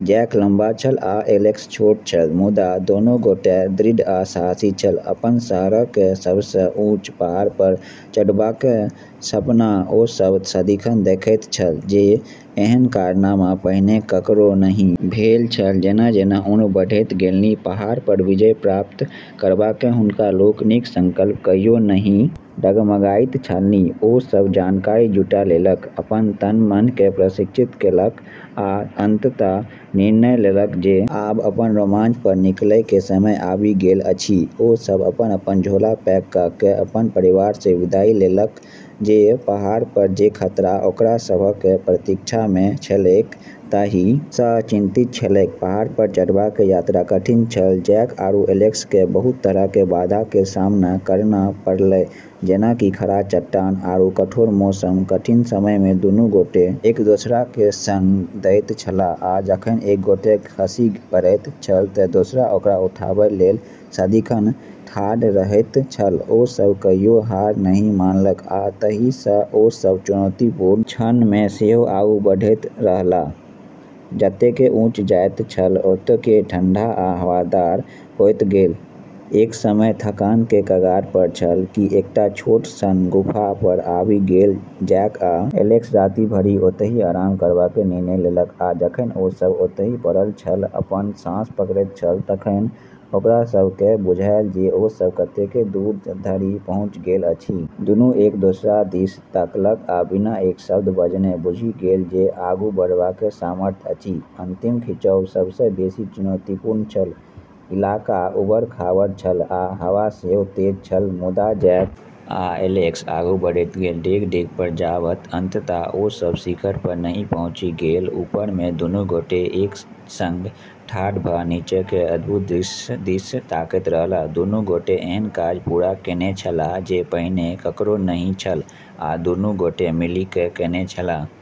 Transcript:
जेक लंबा छल आ एलेक्स छोट छल, मुदा दुनू गोटे दृढ़ आ साहसी छल, अपन शहरक सबसँ ऊँच पहाड़ पर चढ़बाक सपना ओ सभ सदिखन देखैत छल जे एहन कारनामा पहिने ककरो नहि भेल छल जेना-जेना उम्र बढ़ैत गेलनि, पहाड़ पर विजय प्राप्त करबाक हुनका लोकनिक संकल्प कहियो नहि डगमगाइत छलनि ओ सब जानकारी जुटा लेलक, अपन तन-मन के प्रशिक्षित केलक आ अंतत निर्णय लेलक जे आब अपन रोमांच पर निकलय के समय आबि गेल अछि ओ सभ अपन-अपन झोरा पैक क क अपन परिवार सँ विदाई लेलक जे पहाड़ पर जे खतरा ओकरा सभक प्रतीक्षा मे छलैक ताहि सँ चिंतित छलैक, पहाड़ पर चढ़बाक यात्रा कठिन छल, जेक आरू एलेक्स के बहुत तरह के बाधा के सामना करना पड़लै जेना कि खड़ा चट्टान आरू कठोर मौसम, कठिन समय मे दुनू गोटे एक दोसराक संग दैत छलाह आ जखन एक गोटे खसि पड़ैत छल त दोसर ओकरा उठाबय लेल सदिखन ठाढ़ रहैत छल ओ सभ कहियो हार नहि मानलक आ ताहि सँ ओ सभ चुनौतीपूर्ण क्षण मे सेहो आगू बढ़ैत रहलाह, जतेक ऊँच जाइत छल ओतेक ठंढा आ हवादार होइत गेल, एक समय थकान के कगार पर छल कि एकटा छोट सन गुफा पर आबि गेल जेक आ एलेक्स राति भरि ओतहि आराम करबाक निर्णय लेलक आ जखन ओ सभ ओतहि पड़ल छल, अपन साँस पकड़ैत छल तखन ओकरा सभ केँ बुझायल जे ओ सभ कतेक दूर धरि पहुँचि गेल अछि, दुनू एक दोसरा दिस तकलक आ बिना एक शब्द बजने बुझि गेल जे आगू बढ़बाक सामर्थ्य अछि, अंतिम खिंचाव सबस बेसी चुनौतीपूर्ण छल, इलाका उबड़-खाबड़ छल आ हवा सेहो तेज छल मुदा जेक आ एलेक्स आगू बढ़ैत गेल, डेग-डेग पर जाबत अंततः ओ सभ शिखर पर नहि पहुँचि गेल ऊपर मे दुनू गोटे एक संग ठाढ़ भ नीचाँक अद्भुत दृश्य दिस तकैत रहलाह, दुनू गोटे एहन काज पूरा केने छलाह जे पहिने ककरो नहि छल आ दुनू गोटे मिलिकय केने छलाह।